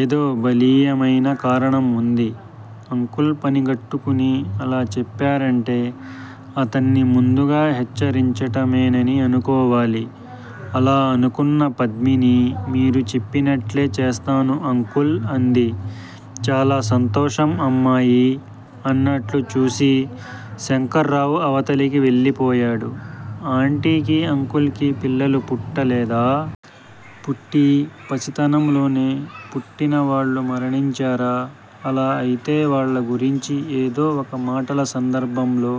ఏదో బలీయమైన కారణం వుంది. అంకుల్ పనిగట్టుకుని అలా చెప్పారంటే అతన్ని ముందుగా హెచ్చరించటమేనని అనుకోవాలి. అలా అనుకున్న పద్మిని మీరు చెప్పినట్లే చేస్తాను అంకుల్ అంది. చాలా సంతోషం అమ్మాయీ! అన్నట్లు చూసి శంకర్రావు అవతలికి వెళ్ళిపోయాడు. ఆంటీకి, అంకుల్ కి పిల్లలు పుట్టలేదా! పుట్టి పసితనంలోనే పుట్టినవాళ్ళు మరణించారా! అలా అయితే వాళ్ళ గురించి ఏదో ఒక మాటల సందర్భంలో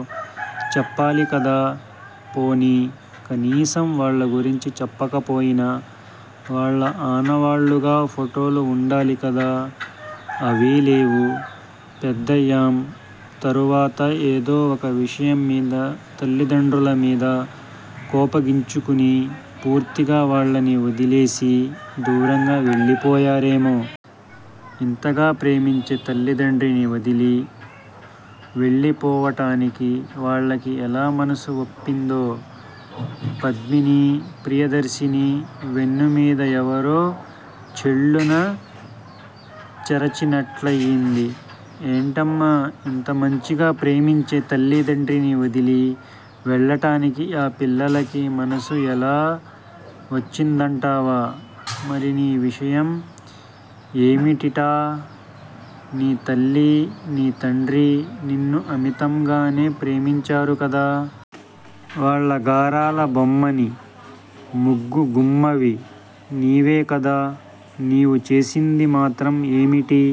చెప్పాలికదా! పోనీ కనీసం వాళ్ళ గురించి చెప్పకపోయినా వాళ్ళ ఆనవాళ్ళుగా ఫోటోలు వుండాలికదా! అవీలేవు. పెద్దయం తరువాత ఏదో ఒక విషయం మీద తల్లిదండ్రులమీద కోపగించుకుని పూర్తిగా వాళ్ళని వదిలేసి దూరంగా వెళ్ళిపోయారేమో? ఇంతగా ప్రేమించే తల్లితండ్రిని వదలి వెళ్ళిపోవటానికి వాళ్ళకి ఎలా మనసు వప్పిందో? పద్మిని ప్రియదర్శిని వెన్నుమీద యెవరో చెళ్ళున చరిచినట్లయింది. ఏంటమ్మా! ఇంత మంచిగా ప్రేమించే తల్లి దండ్రిని వదిలి వెళ్ళటానికి ఆ పిల్లలకి మనసు యెలా వచ్చిందంటావా? మరి నీ విషయం ఏమిటిట? నీ తల్లి నీ తండ్రి నిన్ను అమితంగానే ప్రేమించారుకదా! వాళ్ళ గారాల బొమ్మని ముగ్గు గుమ్మవి నీవేకదా! నీవు చేసింది మాత్రం ఏమిటి?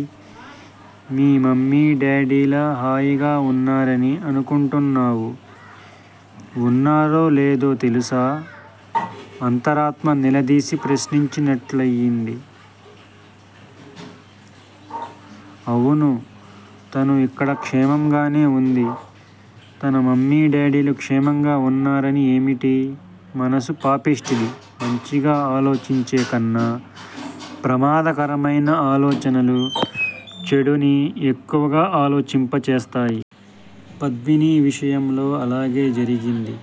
మీ మమ్మీ డాడీల హాయిగా వున్నారని అనుకుంటున్నావు? వున్నారో లేదో తెలుసా? అంతరాత్మ నిలదీసి ప్రశ్నించినట్లయింది. అవును! తను ఇక్కడ క్షేమంగానే వుంది. తన మమ్మీ_డాడీలు క్షేమంగా వున్నారని ఏమిటి? మనసు పాపిష్టిది మంచిగా ఆలోచించేకన్నా ప్రమాదకరమైన ఆలోచనలు చెడుని ఎక్కువగా ఆలోచింపచేస్తాయి. పద్మిని విషయంలో అలాగే జరిగింది.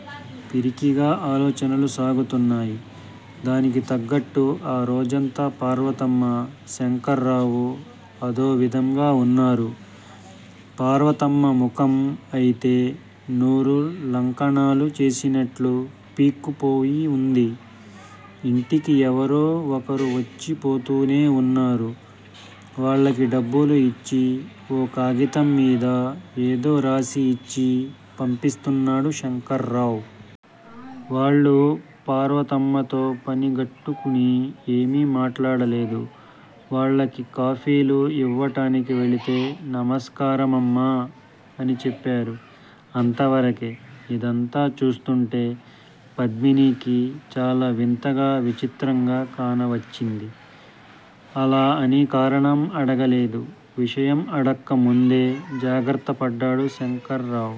పిరికిగా ఆలోచనలు సాగుతున్నాయి. దానికి తగ్గట్టు ఆరోజంతా పార్వతమ్మ శంకర్రావు అదోవిధంగా వున్నారు. పార్వతమ్మ ముఖం అయితే నూరు లంకణాలు చేసినట్లు పీక్కుపోయివుంది. యింటికి ఎవరో ఒకరువచ్చిపోతూనే వున్నారు. వాళ్ళకి డబ్బులు యిచ్చి ఓ కాగితంమీద ఏదో రాసిఇచ్చి పంపిస్తున్నాడు శంకర్రావు. వాళ్ళు పార్వతమ్మతో పనిగట్టుకుని ఏమీ మాట్లాడలేదు. వాళ్ళకి కాఫీలు యివ్వటానికి వెళితే నమస్కారమమ్మా! అని చెప్పారు అంతవరకే. ఇదంతా చూస్తుంటే పద్మినికి చాలా వింతగా విచిత్రంగా కానవచ్చింది. అలా అని కారణం అడగలేదు. విషయం అడక్కముందే జాగ్రత్తపడ్డాడు శంకరరావు.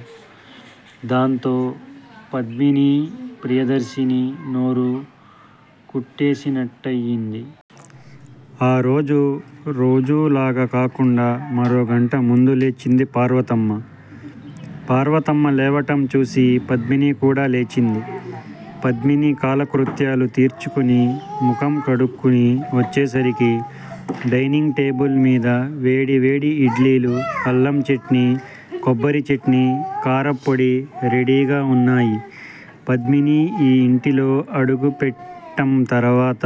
దాంతో __ పద్మిని ప్రియదర్శిని నోరు కుట్టేసినట్లయింది. ఆ రోజు_ రోజూలాగ కాకుండా మరో గంట ముందులేచింది పార్వతమ్మ. పార్వతమ్మ లేవటంచూసి పద్మిని కూడా లేచింది. పద్మిని కాలకృత్యాలు తీర్చుకుని ముఖం కడుక్కుని వచ్చేసరికి డైనింగ్ టేబుల్ మీద వేడి వేడి ఇడ్లీలు అల్లం చట్నీ కొబ్బరిచట్నీ కారప్పొడి రెడీగా వున్నాయి. పద్మిని ఈ ఇంటిలో అడుగు పెట్టంతర్వాత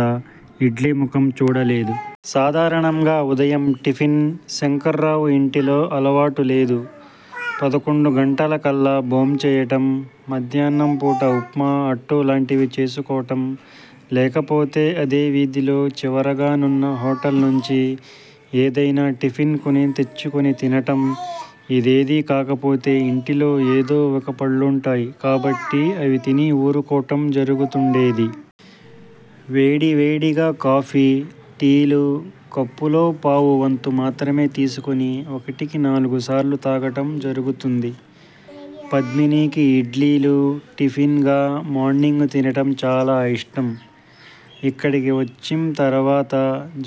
ఇడ్లీ ముఖం చూడలేదు. సాధారణంగా ఉదయం టిఫిన్ శంకర్రావు ఇంటిలో అలవాటులేదు. పదకొండు గంటలకల్లా భోంచేయటం మధ్యాహ్నంపూట ఉప్మా, అట్టు లాంటివి చేసుకోటం లేకపోతే అదే వీధిలో చివరగానున్న హోటల్ నుంచి ఏదయినా టిఫిన్ కొని తెచ్చుకొని తినటం. ఇదేదీ కాకపోతే ఇంటిలో ఏదో ఒక పళ్ళుంటాయి కాబట్టి అవి తిని ఊరుకోటం జరుగుతుండేది. వేడి వేడిగా కాఫీ, టీ లు కప్పులో పావువంతు మాత్రమే తీసుకొని ఒకటికి నాలుగుసార్లు తాగడం జరుగుతుంది. పద్మినికి ఇడ్లీలు టిఫిన్ గా మార్నింగ్ తినటం చాలా యిష్టం. ఇక్కడికి వచ్చింతర్వాత,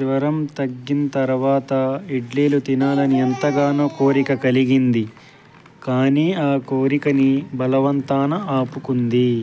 జ్వరం తగ్గింతర్వాత ఇడ్లీలు తినాలని ఎంతగానో కోరిక కలిగింది కాని ఆ కోరికని బలవంతాన ఆపుకుంది.